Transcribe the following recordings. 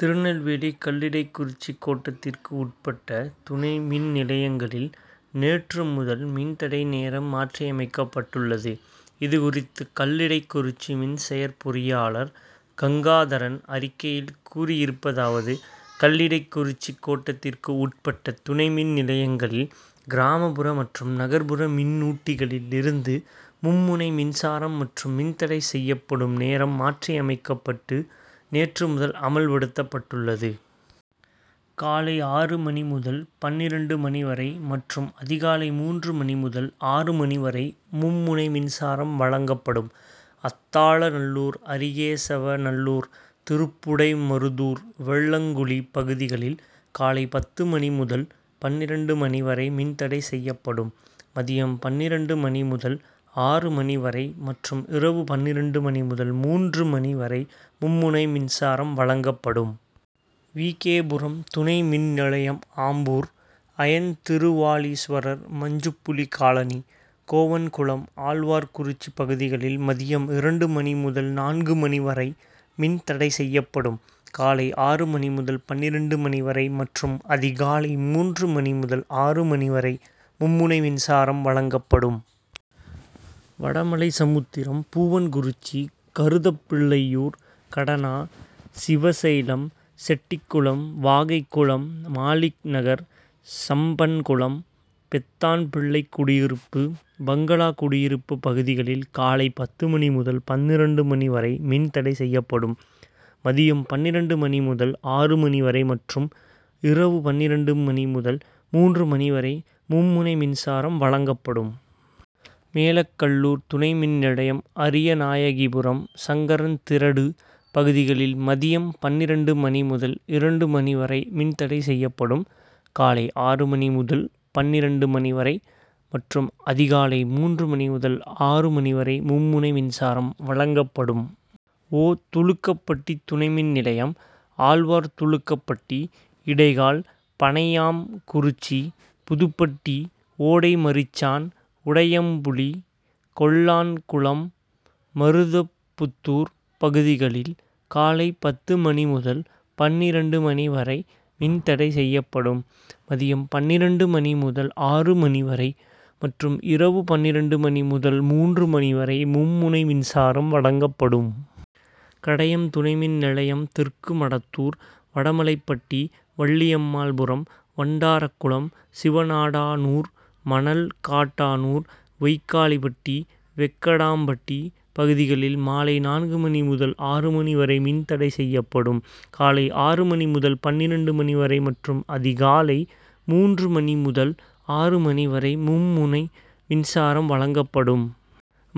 திருநெல்வேலி கல்லிடைக்குறிச்சி கோட்டத்திற்கு உட்பட்ட துணைமின் நிலையங்களில் நேற்று முதல் மின்தடை நேரம் மாற்றியமைக்கப்பட்டுள்ளது. இதுகுறித்து கல்லிடைக்குறிச்சி மின்செயற் பொறியாளர் கங்காதரன் அறிக்கையில் கூறியிருப்பதாவது கல்லிடைக்குறிச்சி கோட்டத்திற்கு உட்பட்ட துணைமின் நிலையங்களில் கிராமபுற மற்றும் நகர்புற மின்னூட்டிகளில் இருந்து மும்முனை மின்சாரம் மற்றும் மின்தடை செய்யப்படும் நேரம் மாற்றியமைக்கப்பட்டு நேற்று முதல் அமல்படுத்தப்பட்டுள்ளது. காலை ஆறு மணி முதல் பன்னிரண்டு மணி வரை மற்றும் அதிகாலை மூன்று மணி முதல் ஆறு மணி வரை மும்முனை மின்சாரம் வழங்கப்படும். அத்தாளநல்லூர், அரிகேசவநல்லூர், திருப்புடைமருதூர், வெள்ளங்குளி பகுதிகளில் காலை பத்து மணி முதல் பன்னிரண்டு மணி வரை மின்தடை செய்யப்படும். மதியம் பன்னிரண்டு மணி முதல் ஆறு மணி வரை மற்றும் இரவு பன்னிரண்டு மணி முதல் மூன்று மணி வரை மும்முனை மின்சாரம் வழங்கப்படும். வி. கே. புரம் துணை மின் நிலையம் ஆம்பூர், அயன் திருவாலீஸ்வரர், மஞ்சுப்புலி காலனி, கோவன்குளம், ஆழ்வார்குறிச்சி பகுதிகளில் மதியம் இரண்டு மணி முதல் நான்கு மணி வரை மின்தடை செய்யப்படும். காலை ஆறு மணி முதல் பன்னிரண்டு மணி வரை மற்றும் அதிகாலை மூன்று மணி முதல் ஆறு மணி வரை மும்முனை மின்சாரம் வழங்கப்படும். வடமலைசமுத்திரம், பூவன்குறிச்சி, கருத்தப்பிள்ளையூர், கடனா, சிவசைலம், செட்டிகுளம், வாகைகுளம், மாலிக்நகர், சம்பன்குளம், பெத்தான்பிள்ளைகுடியிருப்பு, பங்களா குடியிருப்பு பகுதிகளில் காலை பத்து மணி முதல் பன்னிரண்டு மணி வரை மின்தடை செய்யப்படும். மதியம் பன்னிரண்டு மணி முதல் ஆறு மணி வரை மற்றும் இரவு பன்னிரண்டு மணி முதல் மூன்று மணி வரை மும்முனை மின்சாரம் வழங்கப்படும். மேலக்கல்லூர் துணை மின் நிலையம் அரியநாயகிபுரம், சங்கரன்திரடு பகுதிகளில் மதியம் பன்னிரண்டு மணி முதல் இரண்டு மணி வரை மின்தடை செய்யப்படும். காலை ஆறு மணி முதல் பன்னிரண்டு மணி வரை மற்றும் அதிகாலை மூன்று மணி முதல் ஆறு மணி வரை மும்முனை மின்சாரம் வழங்கப்படும். ஓ. துலுக்கப்பட்டி துணைமின் நிலையம் ஆழ்வார்துலுக்கப்பட்டி, இடைகால், பணையாம்குறிச்சி, புதுப்பட்டி, ஓடைமரிச்சான், உடையம்புளி, கொல்லான்குளம், மருதப்புத்தூர் பகுதிகளில் காலை பத்து மணி முதல் பன்னிரண்டு மணி வரை மின்தடை செய்யப்படும். மதியம் பன்னிரண்டு மணி முதல் ஆறு மணி வரை மற்றும் இரவு பன்னிரண்டு மணி முதல் மூன்று மணி வரை மும்முனை மின்சாரம் வழங்கப்படும். கடையம் துணைமின் நிலையம் தெற்கு மடத்தூர், வடமலைபட்டி, வள்ளியம்மாள்புரம், வண்டாரகுளம், சிவநாடானூர், மணல்காட்டானூர், வெய்க்காலிபட்டி, வெங்கடாம்பட்டி பகுதிகளில் மாலை நான்கு மணி முதல் ஆறு மணி வரை மின்தடை செய்யப்படும். காலை ஆறு மணி முதல் பன்னிரண்டு மணி வரை மற்றும் அதிகாலை மூன்று மணி முதல் ஆறு மணி வரை மும்முனை மின்சாரம் வழங்கப்படும்.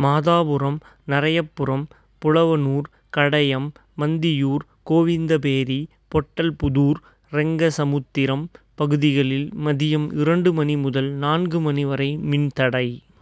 மாதாபுரம், நரையப்புரம், புலவனூர், கடையம், மந்தியூர், கோவிந்தபேரி, பொட்டல்புதூர், ரெங்கசமுத்திரம் பகுதிகளில் மதியம் இரண்டு மணி முதல் நான்கு மணி வரை மின்தடை